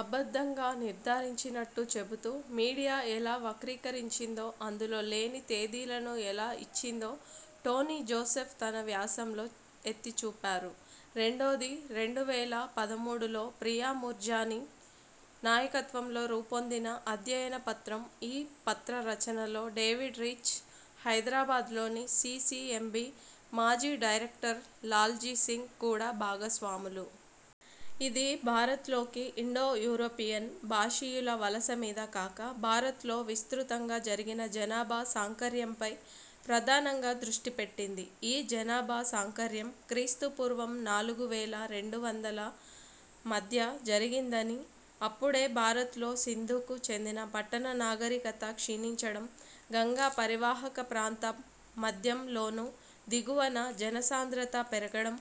అబద్ధంగా నిర్ధారించినట్టు చెబుతూ మీడియా ఎలా వక్రీకరించిందో, అందులో లేని తేదీలను ఎలా ఇచ్చిందో టోనీ జోసెఫ్ తన వ్యాసంలో ఎత్తిచూపారు. రెండోది, రెండు వేల పదమూడులో ప్రియా మూర్జాని నాయకత్వంలో రూపొందిన అధ్యయనపత్రం. ఈ పత్ర రచనలో డేవిడ్ రీచ్, హైదరాబాద్ లోని సీసీఎంబీ మాజీ డైరక్టర్ లాల్జీ సింగ్ కూడా భాగస్వాములు. ఇది భారత్ లోకి ఇండో యూరోపియన్ భాషీయుల వలస మీద కాక, భారత్ లో విస్తృతంగా జరిగిన జనాభా సాంకర్యంపై ప్రధానంగా దృష్టిపెట్టింది. ఈ జనాభా సాంకర్యం క్రీస్తుపూర్వం నాలుగు వేల రెండు వందల మధ్య జరిగిందనీ, అప్పుడే భారత్ లో సింధుకు చెందిన పట్టణ నాగరికత క్షీణించడం, గంగా పరీవాహకప్రాంత మధ్యంలోనూ, దిగువనా జనసాంద్రత పెరగడం,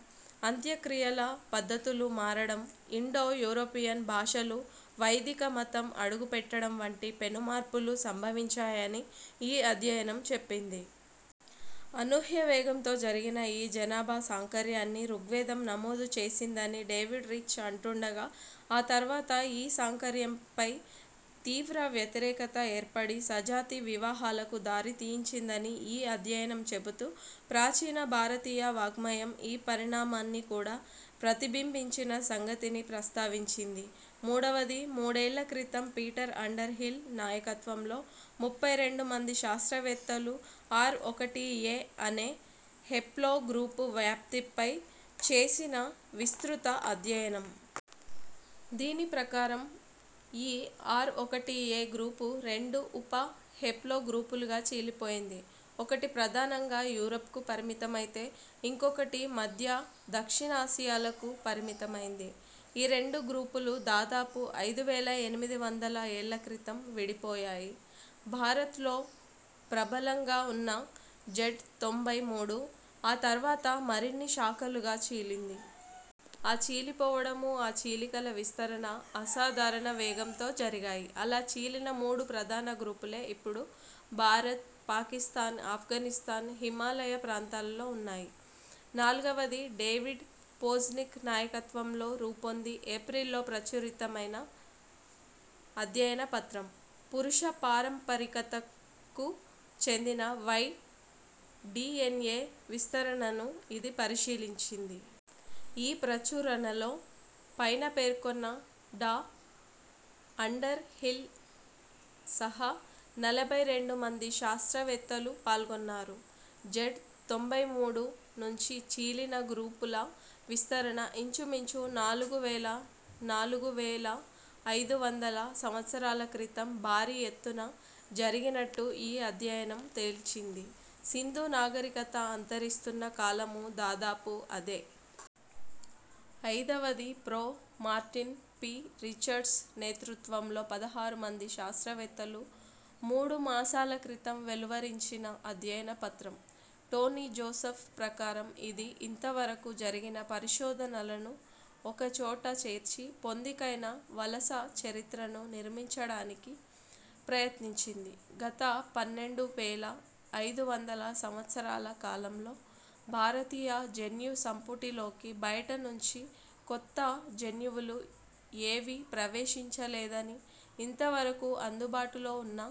అంత్యక్రియల పద్ధతులు మారడం, ఇండో యూరోపియన్ భాషలు, వైదికమతం అడుగుపెట్టడం వంటి పెనుమార్పులు సంభవించాయని ఈ అధ్యయనం చెప్పింది. అనూహ్యవేగంతో జరిగిన ఈ జనాభా సాంకర్యాన్ని ఋగ్వేదం నమోదు చేసిందని డేవిడ్ రీచ్ అంటుండగా, ఆ తర్వాత ఈ సాంకర్యంపై తీవ్ర వ్యతిరేకత ఏర్పడి సజాతివివాహాలకు దారితీయించిందని ఈ అధ్యయనం చెబుతూ ప్రాచీన భారతీయ వాఙ్మయం ఈ పరిణామాన్ని కూడా ప్రతిబింబించిన సంగతిని ప్రస్తావించింది. మూడవది, మూడేళ్ళ క్రితం పీటర్ అండర్ హిల్ నాయకత్వంలో ముప్పైరెండు మంది శాస్త్రవేత్తలు ఆర్ఒకటిఏ అనే హెప్లోగ్రూపు వ్యాప్తిపై చేసిన విస్తృత అధ్యయనం. దీని ప్రకారం, ఈ ఆర్ఒకటిఏ గ్రూపు రెండు ఉప హేప్లో గ్రూపులుగా చీలిపోయింది. ఒకటి ప్రధానంగా యూరప్ కు పరిమితమైతే ఇంకొకటి మధ్య, దక్షిణాసియాలకు పరిమితమైంది. ఈ రెండు గ్రూపులు దాదాపు ఐదు వేల ఎనిమిది వందల ఏళ్ల క్రితం విడిపోయాయి. భారత్ లో ప్రబలంగా ఉన్న జడ్ తొంభై మూడు ఆ తర్వాత మరిన్ని శాఖలుగా చీలింది. ఆ చీలిపోవడమూ, ఆ చీలికల విస్తరణా అసాధారణ వేగంతో జరిగాయి. అలా చీలిన మూడు ప్రధాన గ్రూపులే ఇప్పుడు భారత్, పాకిస్థాన్, అఫ్ఘానిస్తాన్, హిమాలయ ప్రాంతాలలో ఉన్నాయి. నాలుగవది, డేవిడ్ పోజ్నిక్ నాయకత్వంలో రూపొంది ఏప్రిల్లో ప్రచురితమైన అధ్యయనపత్రం. పురుష పారంపరికతకు చెందిన వై–డీఎన్ఏ విస్తరణను ఇది పరిశీలించింది. ఈ ప్రచురణలో పైన పేర్కొన్న డా. అండర్ హిల్ సహా నలభైరెండు మంది శాస్త్రవేత్తలు పాల్గొన్నారు. జడ్ తొంభైమూడు నుంచి చీలిన గ్రూపుల విస్తరణ ఇంచుమించు నాలుగు వేల నాలుగు వేల ఐదు వందల సంవత్సరాల క్రితం భారీఎత్తున జరిగినట్టు ఈ అధ్యయనం తేల్చింది. సింధు నాగరికత అంతరిస్తున్న కాలమూ దాదాపు అదే. అయిదవది, ప్రొ. Martin P. రిచర్డ్స్ నేతృత్వంలో పదహారుమంది శాస్త్రవేత్తలు మూడు మాసాల క్రితం వెలువరించిన అధ్యయనపత్రం. టోనీ జోసెఫ్ ప్రకారం, ఇది ఇంతవరకు జరిగిన పరిశోధనలను ఒకచోట చేర్చి, పొందికైన వలసచరిత్రను నిర్మించడానికి ప్రయత్నించింది. గత పన్నెండు వేల ఐదు వందల సంవత్సరాల కాలంలో భారతీయ జన్యుసంపుటిలోకి బయటనుంచి కొత్త జన్యువులు ఏవీ ప్రవేశించలేదని, ఇంతవరకు అందుబాటులో ఉన్న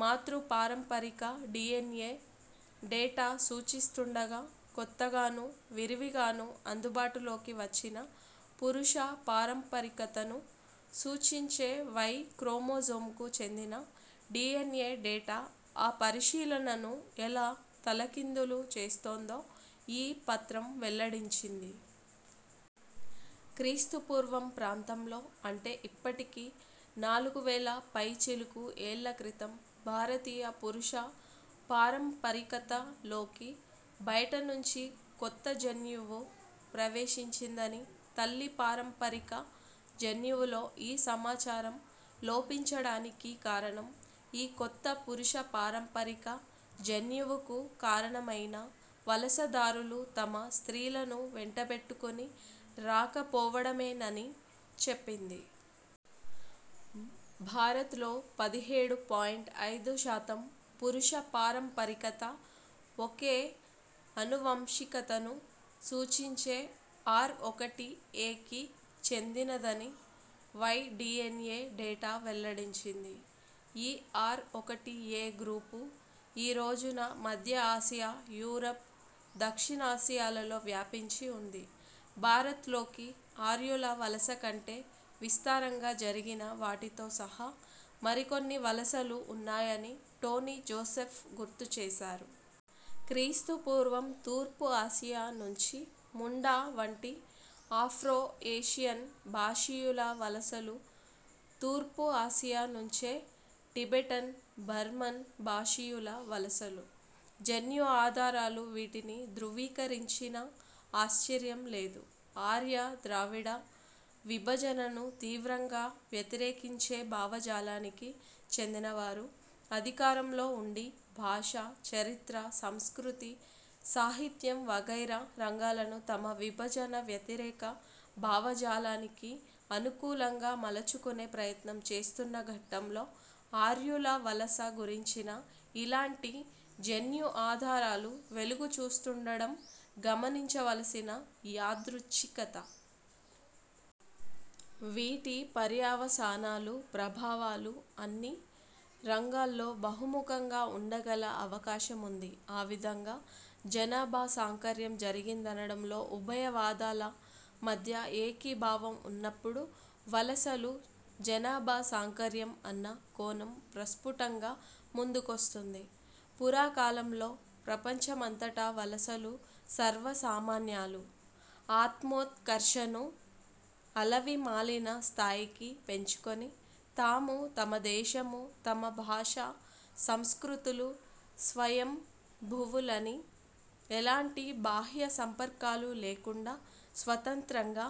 మాతృపారంపరిక డీఎన్ఏ డేటా సూచిస్తుండగా, కొత్తగానూ విరివిగానూ అందుబాటులోకి వచ్చిన పురుషపారంపరికతను సూచించే వై క్రోమోజోమ్కు చెందిన డీఎన్ఏ డేటా ఆ పరిశీలనను ఎలా తలకిందులు చేస్తోందో ఈ పత్రం వెల్లడించింది. క్రీస్తుపూర్వం ప్రాంతంలో, అంటే ఇప్పటికి నాలుగువేల పై చిలుకు ఏళ్ల క్రితం భారతీయ పురుష పారంపరికతలోకి బయటనుంచి కొత్తజన్యువు ప్రవేశించిందని, తల్లి పారంపరిక జన్యువులో ఈ సమాచారం లోపించడానికి కారణం, ఈ కొత్త పురుష పారంపరిక జన్యువుకు కారణమైన వలసదారులు తమ స్త్రీలను వెంటబెట్టుకుని రాకపోవడమేనని చెప్పింది. భారత్లో పదిహేడు పాయింట్ ఐదు శాతం పురుష పారంపరికత- ఒకే ఆనువంశికతను సూచించే ఆర్ఒకటిఏకి చెందినదని వై డీఎన్ఏ డేటా వెల్లడించింది. ఈ ఆర్ఒకటిఏ గ్రూపు ఈరోజున మధ్య ఆసియా, యూరప్, దక్షిణాసియాలలో వ్యాపించి ఉంది. భారత్లోకి ఆర్యుల వలసకంటే విస్తారంగా జరిగిన వాటితో సహా మరికొన్ని వలసలు ఉన్నాయనీ టోనీ జోసెఫ్ గుర్తుచేశారు. క్రీస్తుపూర్వం తూర్పుఆసియా నుంచి ముండా వంటి ఆఫ్రో-ఏషియన్ భాషీయుల వలసలు. తూర్పుఆసియా నుంచే టిబెటన్ బర్మన్ భాషీయుల వలసలు. జన్యుఆధారాలు వీటినీ ధ్రువీకరించినా ఆశ్చర్యంలేదు. ఆర్య ద్రావిడ విభజనను తీవ్రంగా వ్యతిరేకించే భావజాలానికి చెందినవారు అధికారంలో ఉండి, భాష, చరిత్ర, సంస్కృతి, సాహిత్యం వగైరా రంగాలను తమ విభజన వ్యతిరేక భావజాలానికి అనుకూలంగా మలచుకునే ప్రయత్నం చేస్తున్న ఘట్టంలో ఆర్యుల వలస గురించిన ఇలాంటి జన్యుఆధారాలు వెలుగు చూస్తుండడం గమనించవలసిన యాదృచ్ఛికత. వీటి పర్యవసానాలు, ప్రభావాలు అన్ని రంగాల్లో బహుముఖంగా ఉండగల అవకాశముంది. ఆవిధంగా జనాభా సాంకర్యం జరిగిందనడంలో ఉభయవాదాల మధ్య ఏకీభావం ఉన్నప్పుడు, 'వలసలు జనాభాసాంకర్యం' అన్న కోణం ప్రస్ఫుటంగా ముందుకొస్తుంది. పురాకాలంలో ప్రపంచమంతటా వలసలు సర్వసామాన్యాలు. ఆత్మోత్కర్షను అలవిమాలిన స్థాయికి పెంచుకుని తామూ, తమ దేశమూ, తమ భాషా, సంస్కృతులూ స్వయంభువులని, ఎలాంటి బాహ్యసంపర్కాలూ లేకుండా స్వతంత్రంగా